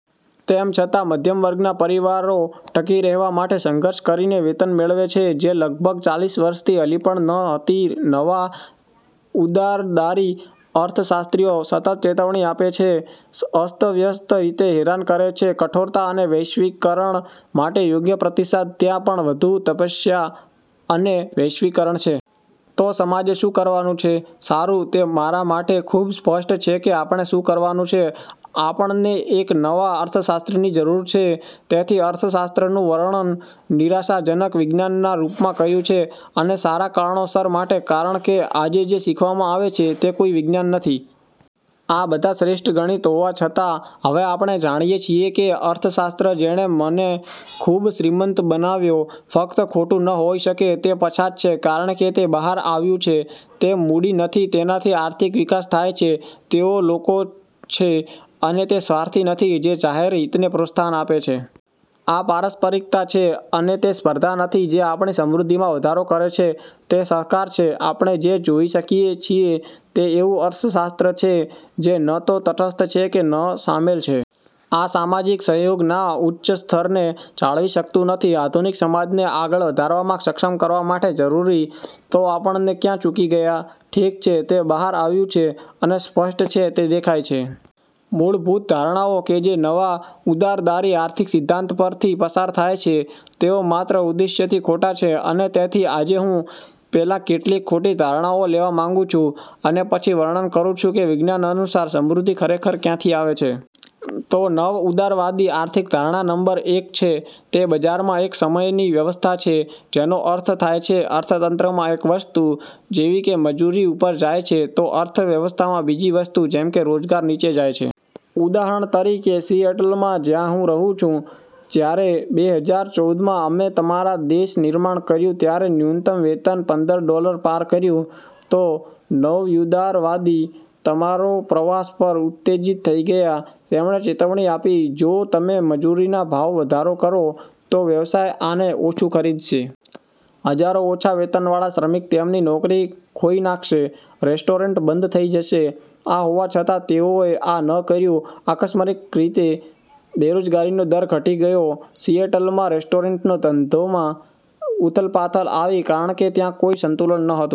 તેમ છતાં, મધ્યમ વર્ગના પરિવારો ટકી રહેવા માટે સંઘર્ષ કરીને વેતન મેળવે છે જે લગભગ ચાલીસ વર્ષથી હલી પણ ન હતી નવા-ઉદારદારી અર્થશાસ્ત્રીઓ સતત ચેતવણી આપે છે, અસ્તવ્યસ્ત રીતે હેરાન કરે છે, કઠોરતા અને વૈશ્વિકરણ માટે યોગ્ય પ્રતિસાદ ત્યાં પણ વધુ તપસ્યા અને વૈશ્વિકરણ છે. તો સમાજે શું કરવાનું છે? સારું, તે મારા માટે ખૂબ સ્પષ્ટ છે કે આપણે શું કરવાનું છે. આપણને એક નવા અર્થશાસ્ત્રની જરૂર છે. તેથી, અર્થશાસ્ત્રનું વર્ણન નિરાશાજનક વિજ્ઞાન ના રૂપમાં કયુ છે અને સારા કારણોસર માટે કારણ કે આજે જે શીખવવામાં આવે છે, તે કોઈ વિજ્ઞાન નથી. આ બધા શ્રેષ્ઠ ગણિત હોવા છતાં હવે આપણે જાણીએ છીએ કે અર્થશાસ્ત્ર જેણે મને ખૂબ શ્રીમંત બનાવ્યો, ફક્ત ખોટું ન હોઈ શકે, તે પછાત છે, કારણ કે તે બહાર આવ્યું છે તે મૂડી નથી તેનાથી આર્થિક વિકાસ થાય છે, તેઓ લોકો છે; અને તે સ્વાર્થી નથી જે જાહેર હિતને પ્રોત્સાહન આપે છે. આ પારસ્પરિકતા છે, અને તે સ્પર્ધા નથી જે આપણી સમૃદ્ધિમાં વધારો કરે છે. તે સહકાર છે. આપણે જે જોઈ શકીએ છીએ તે એવું અર્થશાસ્ત્ર છે જે ન તો તટસ્થ છે કે ન શામેલ છે. આ સામાજિક સહયોગ ના ઉચ્ચ સ્તર ને જાળવી શકતું નથી. આધુનિક સમાજને આગળ વધારવામાં સક્ષમ કરવા માટે જરૂરી. તો આપણને ક્યાં ચૂકી ગયા? ઠીક છે, તે બહાર આવ્યું છે અને સ્પષ્ટ છે તે દેખાય છે. મૂળભૂત ધારણાઓ કે જે નવા ઉદારદારી આર્થિક સિદ્ધાંત પર થી પસાર થાય છે, તેઓ માત્ર ઉદ્દેશ્યથી ખોટા છે અને તેથી આજે હું પેલા કેટલીક ખોટી ધારણાઓ લેવા માંગુ છુ અને પછી વર્ણન કરુ છુ કે વિજ્ઞાન અનુસાર સમૃદ્ધિ ખરેખર ક્યાંથી આવે છે. તો નવઉદારવાદી આર્થિક ધારણા નંબર એક છે તે બજારમાં એક સમયની વ્યવસ્થા છે જેનો અર્થ થાય છે અર્થતંત્રમાં એક વસ્તુ, જેવી કે મજૂરી ઉપર જાય છે, તો અર્થ વ્યવસ્થામાં બીજી વસ્તુ, જેમ કે રોજગાર નીચે જાય છે. ઉદાહરણ તરીકે; સિએટલમાં જ્યાં હું રહું છુ, જ્યારે બેહજાર ચૌદ મા અમે તમારા દેશ નિર્માણ કર્યું ત્યારે ન્યુનતમ વેતન પંદર ડોલર પાર કર્યું. તો નવયુદારવાદી તમારો પ્રવાશ પર ઉત્તેજિત થઈ ગયા. તેમણે ચેતવણી આપી "જો તમે મજૂરીના ભાવ વધારો કરો, તો વ્યવસાય આને ઓછું ખરીદસે." હજારો ઓછા વેતનવાળા શ્રમિક તેમની નોકરી ખોઈ નાખસે, રેસ્ટ્રોરંટ બંધ થઈ જસે. આ હોવા છતા તેઓએ આ ન કર્યું. આકસ્મરિક રીતે બેરોજગારીનો દર ઘટી ગયો. સિએટલમાં રેસ્ટોરન્ટનો ધંધોમાં ઉથલપાથલ આવી કારણકે ત્યાં કોઈ સંતુલન નહોતુ.